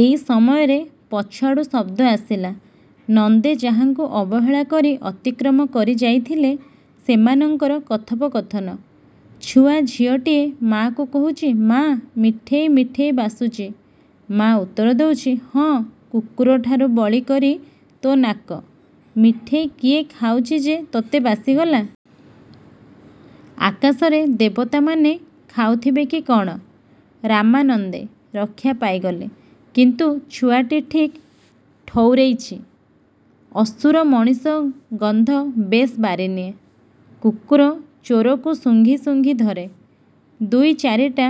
ଏଇ ସମୟରେ ପଛଆଡ଼ୁ ଶବ୍ଦ ଆସିଲା। ନନ୍ଦେ ଯାହାଙ୍କୁ ଅବହେଳା କରି ଅତିକ୍ରମ କରି ଯାଇଥିଲେ ସେମାନଙ୍କର କଥୋପକଥନ। ଛୁଆ ଝିଅଟିଏ ମା'କୁ କହୁଚି-'ମା' ମିଠେଇ ମିଠେଇ ବାସୁଚି। ' ମା' ଉତ୍ତର ଦେଉଚି-'ହଁ, କୁକରଠାରୁ ବଳି କରି ତୋ ନାକ। ମିଠେଇ କିଏ ଖାଉଚି ଯେ ତୋତେ ବାସିଗଲା। ଆକାଶରେ ଦେବତାମାନେ ଖାଉଥିବେ କି କ'ଣ? ' ରାମାନନ୍ଦେ। ରକ୍ଷା ପାଇଗଲେ। କିନ୍ତୁ ଛୁଆଟି ଠିକ୍ ଠଉରେଇଚି। ଅସୁର ମଣିଷ ଗନ୍ଧ ବେଶ୍ ବାରି ନିଏ। କୁକୁର ଚୋରକୁ ଶୁଙ୍ଘି ଶୁଙ୍ଘି ଧରେ। ଦୁଇ ଚାରିଟା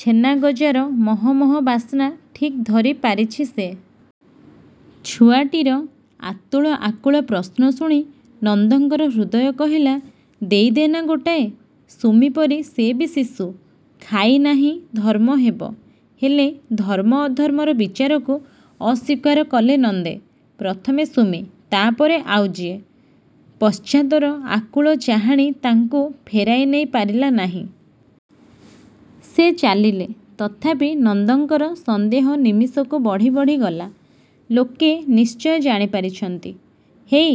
ଛେନାଗଜାର ମହ ମହ ବାସ୍ନା ଠିକ୍ ଧରି ପାରିଛି ସେ। ଛୁଆଟିର ଆତୁର ଆକୁଳ ପ୍ରଶ୍ନ ଶୁଣି ନନ୍ଦଙ୍କର ହୃଦୟ କହିଲା-ଦେଇ ଦେନା ଗୋଟାଏ। ସୁମି ପରି ସେ ବି ଶିଶୁ। ଖାଇ ନାହିଁ ଧର୍ମ ହେବ। ହେଲେ, ଧର୍ମ ଅଧର୍ମର ବିଚାରକୁ ଅସ୍ୱୀକାର କଲେ ନନ୍ଦେ। ପ୍ରଥମେ ସୁମି, ତା'ପରେ ଆଉ ଯିଏ। ପଶ୍ଚାତର ଆକୁଳ ଚାହାଣି ତାଙ୍କୁ ଫେରାଇ ନେଇ ପାରିଲା ନାଇଁ। ସେ ଚାଲିଲେ। ତଥାପି, ନନ୍ଦଙ୍କର ସନ୍ଦେହ ନିମିଷକୁ ବଢ଼ି ବଢ଼ି ଗଲା। ଲୋକେ ନିଶ୍ଚୟ ଜାଣି ପାରିଛନ୍ତି-। ହେଇ,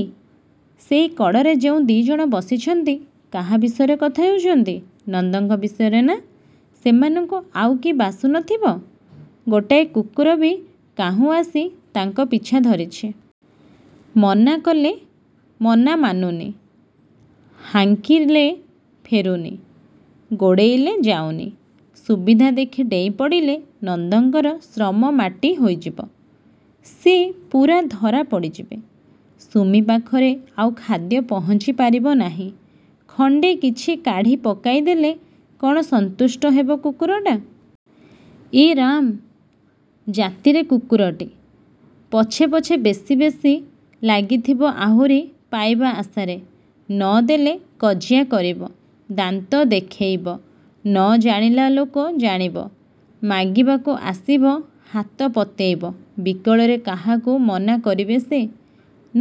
ସେଇକଡ଼ରେ ଯେଉଁ ଦି'ଜଣ ବସିଛନ୍ତି-କାହା ବିଷୟରେ କଥା ହେଉଛନ୍ତି; ନନ୍ଦଙ୍କ ବିଷୟରେ ନା? ସେମାନଙ୍କୁ ଆଉ କି ବାସୁ ନ ଥିବ? ଗୋଟାଏ କୁକୁର ବି କାହୁଁ ଆସି ତାଙ୍କ ପିଛା ଧରିଛି। ମନା କଲେ ମନା ମାନୁନି, ହାଙ୍କିଲେ ଫେରୁନି, ଗୋଡ଼େଇଲେ ଯାଉନି। ସୁବିଧା ଦେଖି ଡେଇଁ ପଡ଼ିଲେ ନନ୍ଦଙ୍କର ଶ୍ରମ ମାଟି ହୋଇଯିବ। ସେ ପୂରା ଧରା ପଡ଼ିଯିବେ। ସୁମି ପାଖରେ ଆଉ ଖାଦ୍ୟ ପହଞ୍ଚିପାରିବ ନାହିଁ। ଖଣ୍ଡେ କିଛି କାଢ଼ି ପକାଇଦେଲେ କ'ଣ ସନ୍ତୁଷ୍ଟ ହେବ କୁକୁରଟା-? ଏ ରାମ୍, ଜାତିରେ କୁକରଟି। ପଛେ ପଛେ ବେଶି ବେଶି ଲାଗିଥିବ ଆହୁରି ପାଇବା ଆଶାରେ। ନ ଦେଲେ କଜିଆ କରିବ, ଦାନ୍ତ ଦେଖେଇବ। ନ ଜାଣିଲା ଲୋକ ଜାଣିବ। ମାଗିବାକୁ ଆସିବ ହାତ ପତେଇବ ବିକଳରେ କାହାକୁ ମନା କରିବେ ସେ?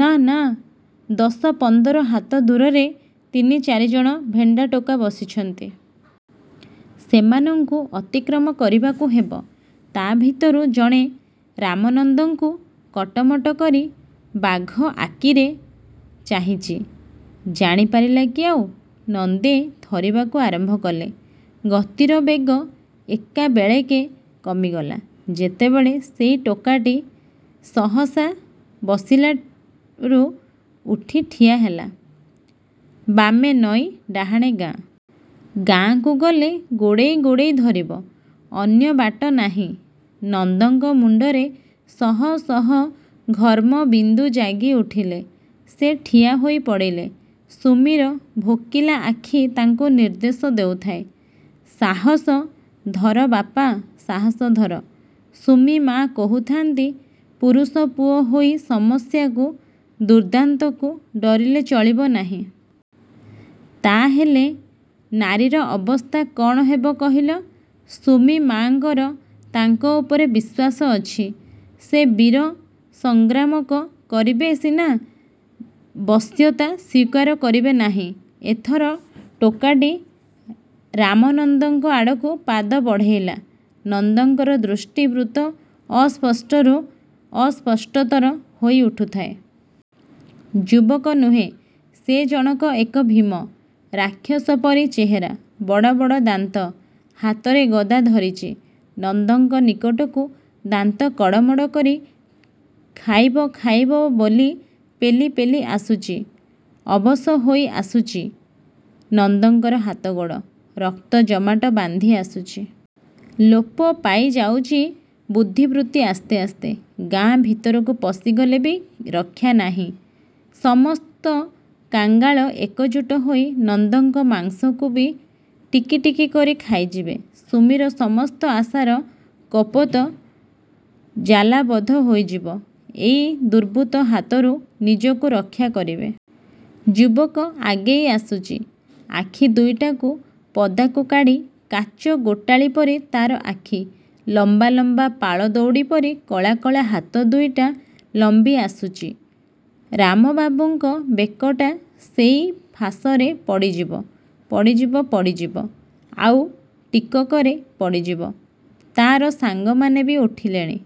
ନାଃ ନାଃ ଦଶ ପନ୍ଦର ହାତ ଦୂରରେ ତିନି ଚାରିଜଣ ଭେଣ୍ଡା ଟୋକା ବସିଛନ୍ତି। ସେମାନଙ୍କୁ ଅତିକ୍ରମ କରିବାକୁ ହେବ। ତା ଭିତରୁ ଜଣେ ରାମନନ୍ଦଙ୍କୁ କଟମଟ କରି ବାଘ ଆକିରେ ଚାହିଁଚି। ଜାଣିପାରିଲା କି ଆଉ? ନନ୍ଦେ ଥରିବାକୁ ଆରମ୍ଭ କଲେ। ଗତିର ବେଗ ଏକାବେଳେକେ କମିଗଲା ଯେତେବେଳେ ସେଇ ଟୋକାଟି ସହସା ବସିଲାରୁ ଉଠି ଠିଆ ହେଲା। ବାମେ ନଈ, ଡାହାଣେ ଗାଁ। ଗାଁକୁ ଗଲେ ଗୋଡ଼େଇ ଗୋଡ଼େଇ ଧରିବ। ଅନ୍ୟ ବାଟ ନାହିଁ। ନନ୍ଦଙ୍କ ମୁଣ୍ଡରେ ଶହ ଶହ ଘର୍ମ ବିନ୍ଦୁ ଜାଗି ଉଠିଲେ। ସେ ଠିଆ ହୋଇ ପଡ଼ିଲେ। ସୁମିର ଭୋକିଲା ଆଖି ତାଙ୍କୁ ନିର୍ଦ୍ଦେଶ ଦେଉଥାଏ-ସାହସ ଧର ବାପା, ସାହସ ଧର। ସୁମି ମା କହୁଥାନ୍ତି-ପୁରୁଷପୁଅ ହୋଇ ସମସ୍ୟାକୁ, ଦୁର୍ଦ୍ଦାନ୍ତକୁ ଡରିଲେ ଚଳିବ ନାଇଁ। ତା ହେଲେ ନାରୀର ଅବସ୍ଥା କଣ ହେବ କହିଲ। ସୁମି-ମାଙ୍କର ତାଙ୍କ ଉପରେ ବିଶ୍ୱାସ ଅଛି। ସେ ବୀର, ସଂଗ୍ରାକମ କରିବେ ସିନା ବଶ୍ୟତା ସ୍ୱୀକାର କରିବେ ନାଇଁ। ଏଥର ଟୋକାଟି ରାମନନ୍ଦଙ୍କ ଆଡ଼କୁ ପାଦ ବଢ଼େଇଲା। ନନ୍ଦଙ୍କର ଦୃଷ୍ଟି ବୃତ୍ତ ଅସ୍ପଷ୍ଟରୁ ଅସସ୍ପଷ୍ଟତର ହୋଇ ଉଠୁଥାଏ। ଯୁବକ ନୁହେଁ, ସେ ଜଣକ ଏକ ଭୀମ। ରାକ୍ଷସ ପରି ଚେହେରା। ବଡ଼ ବଡ଼ ଦାନ୍ତ। ହାତରେ ଗଦା ଧରିଛି। ନନ୍ଦଙ୍କ ନିକଟକୁ ଦାନ୍ତ କଡ଼ମଡ଼ କରି ଖାଇବ ଖାଇବ ବୋଲି ପେଲି ପେଲି ଆସୁଚି। ଅବଶ ହୋଇ ଆସୁଚି ନନ୍ଦଙ୍କର ହାତ ଗୋଡ଼। ରକ୍ତ ଜମାଟ ବାନ୍ଧି ଆସୁଚି। ଲୋପ ପାଇ ଯାଉଚି ବୁଦ୍ଧିବୃତ୍ତି ଆସ୍ତେ ଆସ୍ତେ। ଗାଁ ଭିତରକୁ ପଶିଗଲେ ବି ରକ୍ଷା ନାହିଁ। ସମସ୍ତ କାଙ୍ଗାଳ ଏକଜୁଟ ହୋଇ ନନ୍ଦଙ୍କ ମାଂସକୁ ବି ଟିକି ଟିକି କରି ଖାଇଯିବେ। ସୁମିର ସମସ୍ତ ଆଶାର କପୋତ ଜାଲାବଦ୍ଧ ହୋଇଯିବ। ଏଇ ଦୁର୍ବୃତ୍ତ ହାତରୁ ନିଜକୁ ରକ୍ଷା କରିବେ। ଯୁବକ ଆଗେଇ ଆସୁଚି। ଆଖି ଦୁଇଟାକୁ ପଦାକୁ କାଢ଼ି, କାଚ ଗୋଟାଳି ପରି ତାର ଆଖି। ଲମ୍ବା ଲମ୍ବା ପାଳ ଦଉଡ଼ି ପରି କଳା କଳା ହାତ ଦୁଇଟା ଲମ୍ବି ଆସୁଚି। ରାମବାବୁଙ୍କ ବେକଟା ସେଇ ଫାଶରେ ପଡ଼ିଯିବ-ପଡ଼ିଯିବ-ପଡ଼ିଯିବ-ଆଉ ଟିକକରେ ପଡ଼ିଯିବ। ତାର ସାଙ୍ଗମାନେ ବି ଉଠିଲେଣି।